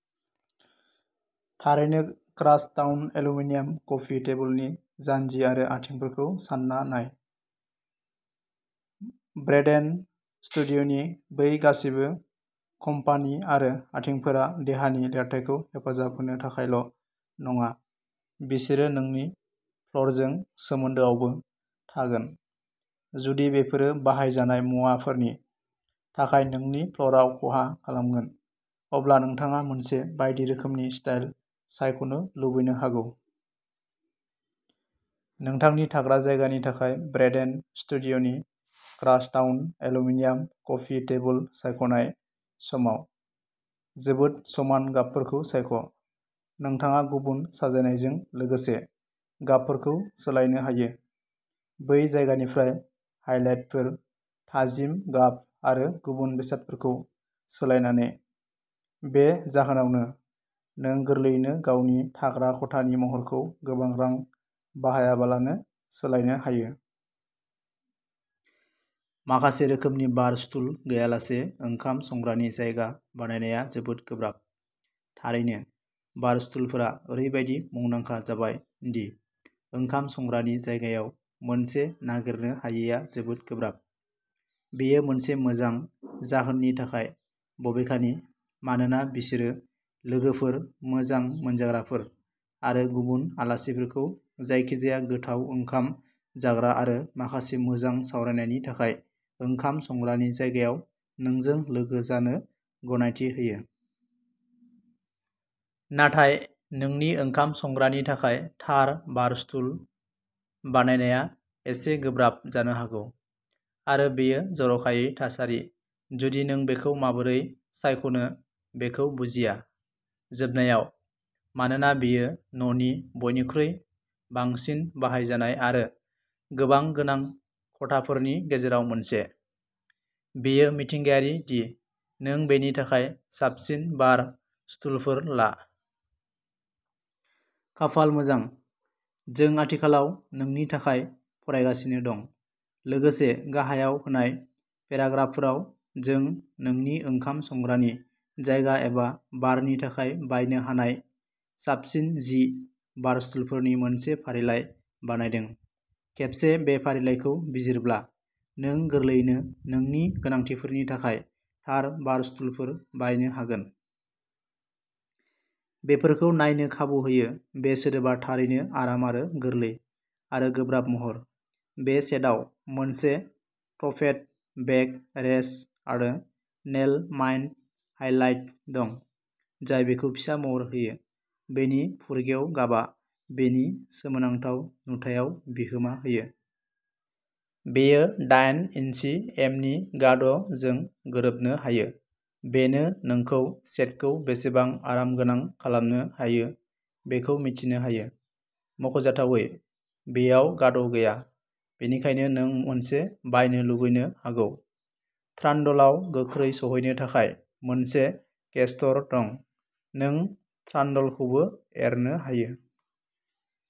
थारैनो crosstown aluminium कफि टेबुलनि जानजि आरो आथिंफोरखौ सान्ना नाय। ब्रेडेन स्टुडिय'नि बै गासिबो खप्पानि आरो आथिंफोरा देहानि लिरथाइखौ हेफाजाब होनो थाखायल' नङा, बिसोर नोंनि फ्ल'रजों सोमोन्दोआवबो थागोन। जुदि बेफोरो बाहायजानाय मुवाफोरनि थाखाय नोंनि फ्ल'रआव खहा खालामगोन, अब्ला नोंथाङा मोनसे बायदि रोखोमनि स्टाइल सायख'नो लुबैनो हागौ। नोंथांनि थाग्रा जायगानि थाखाय ब्रेडेन स्टुडिय'नि क्रसटाउन एलुमिनियाम कफि टेबुल सायख'नाय समाव, जोबोद समान गाबफोरखौ सायख'। नोंथाङा गुबुन साजायनायजों लोगोसे गाबफोरखौ सोलायनो हायो। बै जायगानिफ्राय हाइलाइटफोर, थाजिम गाब आरो गुबुन बेसादफोरखौ सोलायनानै। बे जाहोनावनो, नों गोरलैयैनो गावनि थाग्रा खथानि महरखौ गोबां रां बाहायालाबानो सोलायनो हायो। माखासे रोखोमनि बार स्टुल गैयालासे ओंखाम संग्रानि जायगा बानायनाया जोबोद गोब्राब। थारैनो, बारस्टुलफोरा ओरैबायदि मुंदांखा जाबाय दि ओंखाम संग्रानि जायगायाव मोनसे नागिरनो हायैआ जोबोद गोब्राब। बेयो मोनसे मोजां जाहोननि थाखाय, बबेखानि, मानोना बिसोरो लोगोफोर, मोजां मोनजाग्राफोर, आरो गुबुन आलासिफोरखौ जायखिजाया गोथाव ओंखाम जाग्रा आरो माखासे मोजां सावरायनायनि थाखाय ओंखाम संग्रानि जायगायाव नोंजों लोगो जानो गनायथि होयो। नाथाय नोंनि ओंखाम संग्रानि थाखाय थार बारस्टुल बायनाया एसे गोब्राब जानो हागौ, आरो बेयो जर'खायै थासारि, जुदि नों बेखौ माबोरै सायख'नो बेखौ बुजिया। जोबनायाव, मानोना बेयो न'नि बयनिख्रुइ बांसिन बाहायजानाय आरो गोबां गोनां खथाफोरनि गेजेराव मोनसे, बेयो मिथिंगायारि दि नों बेनि थाखाय साबसिन बार स्टुलफोर ला। खाफाल मोजां, जों आथिखालाव नोंनि थाखाय फरायगासिनो दं, लोगोसे गाहायाव होनाय पेराग्राफफोराव जों नोंनि ओंखाम संग्रानि जायगा एबा बारनि थाखाय बायनो हानाय साबसिन जि बारस्टुलफोरनि मोनसे फारिलाइ बानायदों। खेबसे बे फारिलाइखौ बिजिरब्ला, नों गोरलैयैनो नोंनि गोनांथिफोरनि थाखाय थार बारस्टुलफोर बायनो हागोन। बेफोरखौ नायनो खाबु होयो बे सोदोबा थारैनो आराम आरो गोरलै आरो गोब्राब महर। बे सेटाव मोनसे टफ्टेड बेक रेस्ट आरो नेल माइन्ड हाइलाइट दं जाय बेखौ फिसा महर होयो। बेनि फुरगेव गाबा बेनि सोमोनांथाव नुथायाव बिहोमा होयो। बेयो दायेन इन्सि एमनि गाद' जों गोरोबनो हायो। बेनो नोंखौ सेटखौ बेसेबां आरामगोनां खालामनो हायो बेखौ मिथिनो होयो। मख'जाथावै, बेयाव गाद' गैया। बेनिखायनो नों मोनसे बायनो लुबैनो हागौ। ट्रान्डलाव गोख्रै सौहैनो थाखाय मोनसे केस्टर दं। नों ट्रान्डलखौबो एरनो हायो।